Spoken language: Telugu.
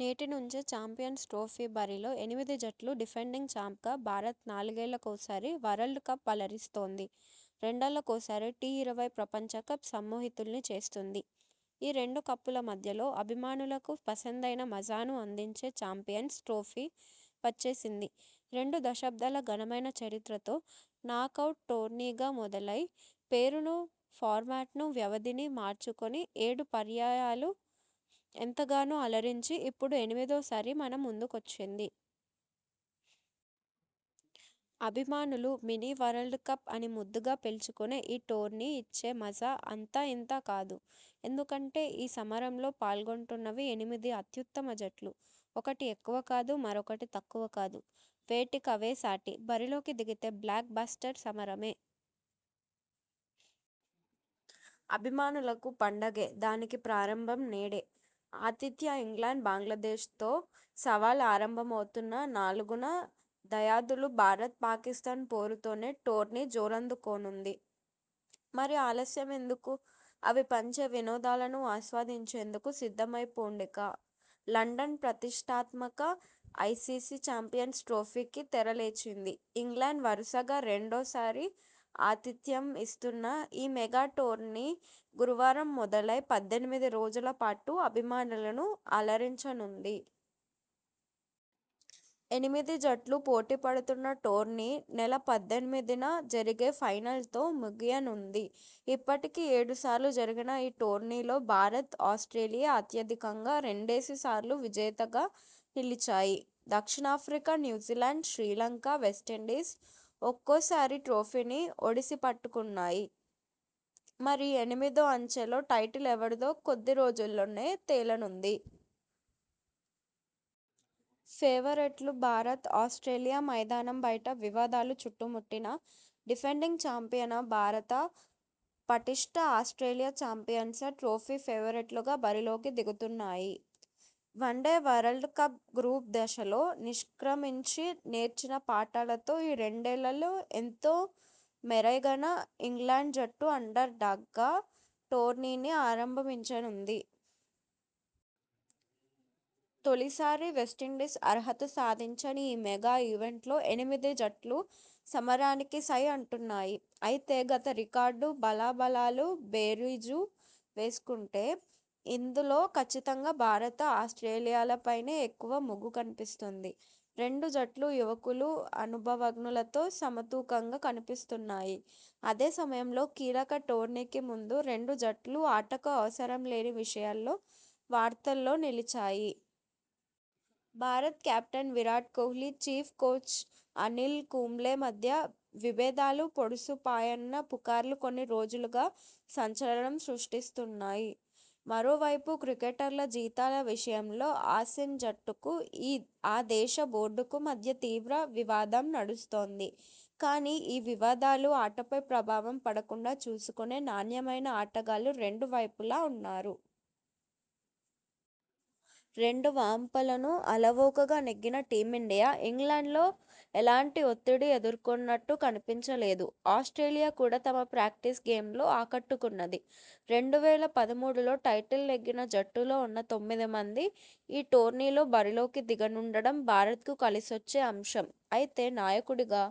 నేటి నుంచే చాంపియన్స్ ట్రోఫీ బరిలో ఎనిమిది జట్లు డిఫెండింగ్ చాంప్గా భారత్నాలుగేళ్లకోసారి వరల్డ్ కప్ అలరిస్తోంది! రెండేళ్లకోసారి టీ-ఇరవై ప్రపంచకప్ సమ్మోహితుల్ని చేస్తోంది! ఈ రెండు కప్పుల మధ్యలో అభిమానులకు పసందైన మజాను అందించే చాంపియన్స్ ట్రోఫీ వచ్చేసింది! రెండు దశాబ్దాల ఘనమైన చరిత్రతో నాకౌట్ టోర్నీగా మొదలై పేరును ఫార్మాట్ను వ్యవధిని మార్చుకొని ఏడు పర్యాయాలు ఎంతగానో అలరించి ఇప్పుడు ఎనిమిదో సారి మన ముందుకొచ్చింది! అభిమానులు 'మినీ వరల్డ్ కప్' అని ముద్దుగా పిలుచుకునే ఈ టోర్నీ ఇచ్చే మజా అంతా ఇంతా కాదు! ఎందుకంటే ఈ సమరంలో పాల్గొంటున్నవి ఎనిమిది అత్యుత్తమ జట్లు! ఒకటి ఎక్కువా కాదు మరొకటి తక్కువా కాదు! వేటికవేసాటి! బరిలోకి దిగితే బ్లాక్ బస్టర్ సమరమే! అభిమానులకు పండగే! దానికి ప్రారంభం నేడే! ఆతిథ్య ఇంగ్లండ్-బంగ్లాదేశ్తో సవాల్ ఆరంభమవుతున్నా నాలుగున దాయాదులు భారత్- పాకిస్థాన్ పోరుతోనే టోర్నీ జోరందుకోనుంది! మరి ఆలస్యం ఎందుకు అవి పంచే వినోదాలను ఆస్వాదించేందుకు సిద్ధమైపోండిక! లండన్ ప్రతిష్ఠాత్మక ఐసీసీ చాంపియన్స్ ట్రోఫీకి తెరలేచింది. ఇంగ్లండ్ వరుసగా రెండోసారి ఆతిథ్యం ఇస్తున్న ఈ మెగా టోర్నీ గురువారం మొదలై పద్దెనిమిది రోజుల పాటు అభిమానులను అలరించనుంది. ఎనిమిది జట్లు పోటీ పడుతున్న టోర్నీ నెల పద్దెనిమిదిన జరిగే ఫైనల్తో ముగియనుంది. ఇప్పటికి ఏడు సార్లు జరిగిన ఈ టోర్నీలో భారత్, ఆస్ట్రేలియా అత్యధికంగా రెండేసి సార్లు విజేతగా నిలిచాయి. దక్షిణాఫ్రికా, న్యూజిలాండ్, శ్రీలంక, వెస్టిండీస్ ఒక్కోసారి ట్రోఫీని ఒడిసిపట్టుకున్నాయి. మరి ఎనిమిదో అంచెలో టైటిల్ ఎవరిదో కొద్ది రోజుల్లోనే తేలనుంది. ఫేవరెట్లు భారత్, ఆస్ట్రేలియా మైదానం బయట వివాదాలు చుట్టుముట్టినా డిఫెండింగ్ చాంపియన భారత, పటిష్ఠ ఆస్ట్రేలియా చాంపియన్స ట్రోఫీ ఫేవరెట్లుగా బరిలోకి దిగుతున్నాయి. వన్డే వరల్డ్ కప్ గ్రూప్ దశలో నిష్క్రమించి నేర్చిన పాఠాలతో ఈ రెండేళ్లలో ఎంతో మెరైగన ఇంగ్లండ్ జట్టు అండర్ డాగ్గా టోర్నీని ఆరంభించనుంది. తొలిసారి వెస్టిండీస్ అర్హత సాధించని ఈ మెగా ఈవెంట్లో ఎనిమిది జట్లు సమరానికి సై అంటున్నాయి. అయితే, గత రికార్డు, బలాబలాలు బేరీజు వేసుకుంటే ఇందులో కచ్చితంగా భారత, ఆస్ట్రేలియాలపైనే ఎక్కువ మొగ్గు కనిపిస్తోంది. రెండు జట్లూ యువకులు, అనుభవజ్ఞులతో సమతూకంగా కనిపిస్తున్నాయి. అదే సమయంలో కీలక టోర్నీకి ముందు రెండు జట్లూ ఆటకు అవసరం లేని విషయాల్లో వార్తల్లో నిలిచాయి. భారత captain Virat Kohli, chief coach Anil Kumble మధ్య విబేధాలు పొడసూ పాయన్న పుకార్లు కొన్ని రోజులుగా సంచలనం సృష్టిస్తున్నాయి. మరోవైపు క్రికెటర్ల జీతాల విషయంలో ఆసీస్ జట్టుకు ఆ దేశ బోర్డుకు మధ్య తీవ్ర వివాదం నడుస్తోంది. కానీ, ఈ వివాదాలు ఆటపై ప్రభావం పడకుండా చూసుకునే నాణ్యమైన ఆటగాళ్లు రెండు వైపులా ఉన్నారు. రెండు వామ్పలను అలవోకగా నెగ్గిన టీమిండియా ఇంగ్లండ్లో ఎలాంటి ఒత్తిడి ఎదుర్కొన్నట్టు కనిపించలేదు. ఆస్ట్రేలియా కూడా తమ ప్రాక్టీస్ గేమ్ల్లో ఆకట్టుకున్నది. రెండు వేల పదమూడులో టైటిల్ నెగ్గిన జట్టులో ఉన్న తొమ్మిది మంది ఈ టోర్నీలో బరిలోకి దిగనుండడం భారత్కు కలిసొచ్చే అంశం. అయితే, నాయకుడిగా